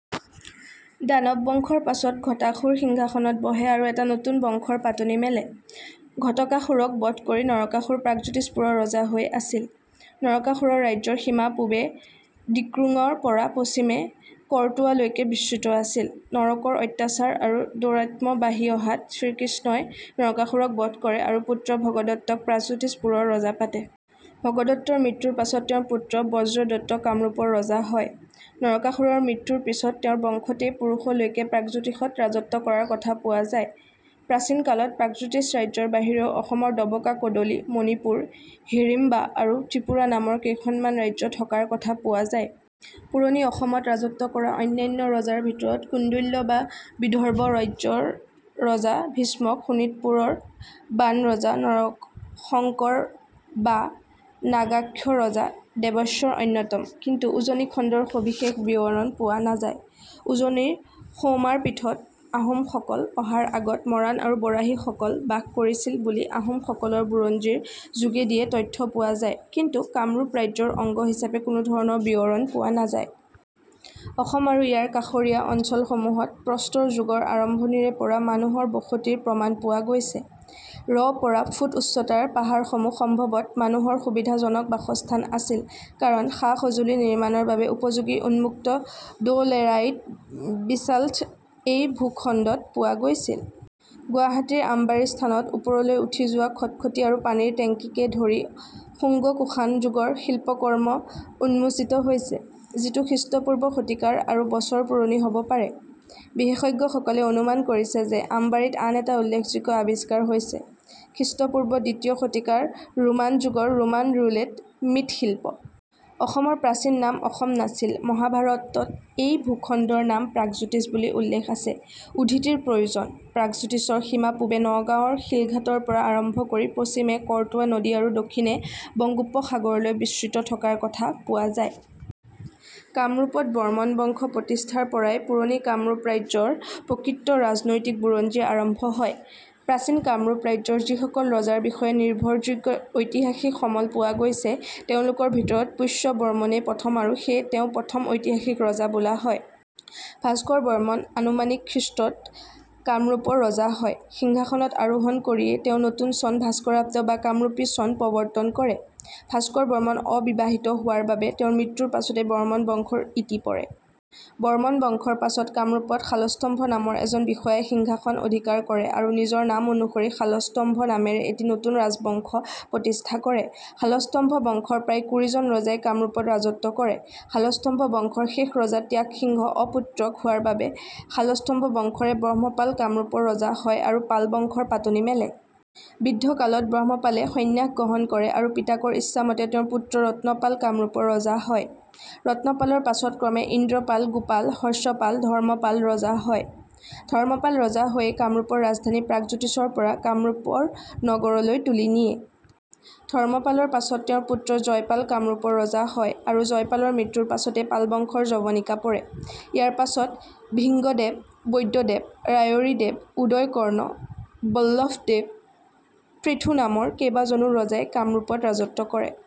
দানৱ বংশৰ পাছত ঘটকাসুৰ সিংহাসনত বহে আৰু এটা নতুন বংশৰ পাতনি মেলে। ঘটকাসুৰক বধ কৰি নৰকাসুৰ প্ৰাগজ্যোতিষপুৰৰ ৰজা হৈ আছিল। নৰকাসুৰৰ ৰাজ্যৰ সীমা পূ্ৱে ডিক্ৰঙৰ পৰা পশ্চিমে কৰতোৱালৈকে বিস্তৃত আছিল। নৰকৰ অত্যাচাৰ আৰু দৌৰাত্ম্য বাঢ়ি অহাত শ্ৰীকৃষ্ণ ই নৰকাসুৰক বধ কৰে আৰু পুত্ৰ ভগদত্ত ক প্ৰাগজ্যোতিষপুৰৰ ৰজা পাতে। ভগদত্তৰ মৃত্যুৰ পাছত তেওঁৰ পুত্ৰ বজ্ৰদত্ত কামৰূপৰ ৰজা হয়। নৰকাসুৰৰ মৃত্যুৰ পিছত তেওঁৰ বংশতেই পুৰুষলৈকে প্ৰাগজ্যোতিষত ৰাজত্ব কৰাৰ কথা পোৱা যায়। প্ৰাচীন কালত প্ৰাগজ্যোতিষ ৰাজ্যৰ বাহিৰেও অসমত ডবকা, কদলি, মণিপুৰ, হিড়িম্বা আৰু ত্ৰিপুৰা নামৰ কেইখনমান ৰাজ্য থকাৰ কথা পোৱা যায়। পুৰণি অসমত ৰাজত্ব কৰা অন্যান্য ৰজাৰ ভিতৰত কুণ্ডিল্য বা বিদৰ্ভ ৰাজ্যৰ ৰজা ভীষ্মক, শোণিতপুৰ ৰ বাণৰজা, নৰশংকৰ বা নাগাক্ষ ৰজা, দেৱেশ্বৰ অন্যতম। কিন্তু উজনি খণ্ডৰ সবিশেষ বিৱৰণ পোৱা নাযায়। উজনিৰ সৌমাৰপীঠত আহোম সকল অহাৰ আগত মৰাণ আৰু বৰাহী সকল বাস কৰিছিল বুলি আহোম সকলৰ বুৰঞ্জীৰ যোগেদিয়ে তথ্য পোৱা যায় কিন্তু কামৰূপ ৰাজ্যৰ অংগ হিচাপে কোনোধৰণৰ বিৱৰণ পোৱা নাযায়। অসম আৰু ইয়াৰ কাষৰীয়া অঞ্চলসমূহত প্ৰস্তৰ যুগৰ আৰম্ভণিৰে পৰা মানুহৰ বসতিৰ প্ৰমাণ পোৱা গৈছে। ৰ পৰা ফুট উচ্চতাৰ পাহাৰসমূহ সম্ভৱতঃ মানুহৰ সুবিধাজনক বাসস্থান আছিল, কাৰণ সা-সঁজুলি নিৰ্মাণৰ বাবে উপযোগী উন্মুক্ত ড'লেৰাইট বেছাল্ট এই ভূখণ্ডত পোৱা গৈছিল। গুৱাহাটীৰ আমবাৰী স্থানত ওপৰলৈ উঠি যোৱা খটখটী আৰু পানীৰ টেংকিকে ধৰি শুংগ-কুশান যুগৰ শিল্পকৰ্ম উন্মোচিত হৈছে, যিটো খ্ৰীষ্টপূৰ্ব শতিকাৰ আৰু বছৰ পুৰণি হ'ব পাৰে। বিশেষজ্ঞসকলে অনুমান কৰিছে যে, আমবাৰীত আন এটা উল্লেখযোগ্য আৱিষ্কাৰ হৈছে খ্ৰীষ্টপূৰ্ব দ্বিতীয় শতিকাৰ ৰোমান যুগৰ ৰোমান ৰুলেট মৃৎশিল্প। অসমৰ প্ৰাচীন নাম অসম নাছিল। মহাভাৰত ত এই ভূখণ্ডৰ নাম প্ৰাগজ্যোতিষ বুলি উল্লেখ আছে উদ্ধৃতিৰ প্ৰয়োজন। প্ৰাগজ্যোতিষৰ সীমা পূবে নগাঁৱৰ শিলঘাটৰ পৰা আৰম্ভ কৰি পশ্চিমে কৰতোৱা নদী আৰু দক্ষিণে বংগোপসাগৰ লৈ বিস্তৃত থকাৰ কথা পোৱা যায়। কামৰূপত বৰ্মন বংশ প্ৰতিষ্ঠাৰ পৰাই পুৰণি কামৰূপ ৰাজ্য ৰ প্ৰকৃত ৰাজনৈতিক বুৰঞ্জী আৰম্ভ হয়। প্ৰাচীন কামৰূপ ৰাজ্যৰ যিসকল ৰজাৰ বিষয়ে নিৰ্ভৰযোগ্য ঐতিহাসিক সমল পোৱা গৈছে তেওঁলোকৰ ভিতৰত পুষ্য বৰ্মনেই প্ৰথম আৰু সেয়ে তেওঁ প্ৰথম ঐতিহাসিক ৰজা বোলা হয়। ভাস্কৰ বৰ্মন আনুমানিক - খ্ৰী. ত কামৰূপৰ ৰজা হয়। সিংহাসনত আৰোহণ কৰিয়েই তেওঁ নতুন চন ভাস্কৰাব্দ বা কামৰূপী চন প্ৰৱৰ্তন কৰে। ভাস্কৰ বৰ্মন অবিবাহিত হোৱাৰ বাবে তেওঁৰ মৃত্যুৰ পাছতে বৰ্মন বংশৰ ইতি পৰে। বৰ্মন বংশৰ পাছত কামৰূপত শালস্তম্ভ নামৰ এজন বিষয়াই সিংহাসন অধিকাৰ কৰে আৰু নিজৰ নাম অনুসৰি "শালস্তম্ভ" নামেৰে এটি নতুন ৰাজবংশ প্ৰতিষ্ঠা কৰে। শালস্তম্ভ বংশৰ প্ৰায় কুৰিজন ৰজাই কামৰূপত ৰাজত্ব কৰে। শালস্তম্ভ বংশৰ শেষ ৰজা ত্যাগ সিংহ অপুত্ৰক হোৱাৰ বাবে শালস্তম্ভ বংশৰে ব্ৰহ্মপাল কামৰূপৰ ৰজা হয় আৰু পালবংশ ৰ পাতনি মেলে। বৃদ্ধকালত ব্ৰহ্মপালে সন্ন্যাস গ্ৰহণ কৰে আৰু পিতাকৰ ইচ্ছামতে তেওঁৰ পুত্ৰ ৰত্নপাল কামৰূপৰ ৰজা হয়। ৰত্নপালৰ পাছত ক্ৰমে ইন্দ্ৰপাল, গোপাল, হৰ্ষপাল, ধৰ্মপাল ৰজা হয়। ধৰ্মপাল ৰজা হৈয়ে কামৰূপৰ ৰাজধানী প্ৰাগজ্যোতিষৰ পৰা 'কামৰূপ নগৰ'লৈ তুলি নিয়ে। ধৰ্মপালৰ পাছত তেওঁৰ পুত্ৰ জয়পাল কামৰূপৰ ৰজা হয় আৰু জয়পালৰ মৃত্যুৰ পাছতে পালবংশৰ যৱনিকা পৰে। ইয়াৰ পাছত ভিংগদেৱ, বৈদ্যদেৱ, ৰায়ৰীদেৱ, উদয় কৰ্ণ, বল্লভদেৱ, পৃথু নামৰ কেইবাজনো ৰজাই কামৰূপত ৰাজত্ব কৰে।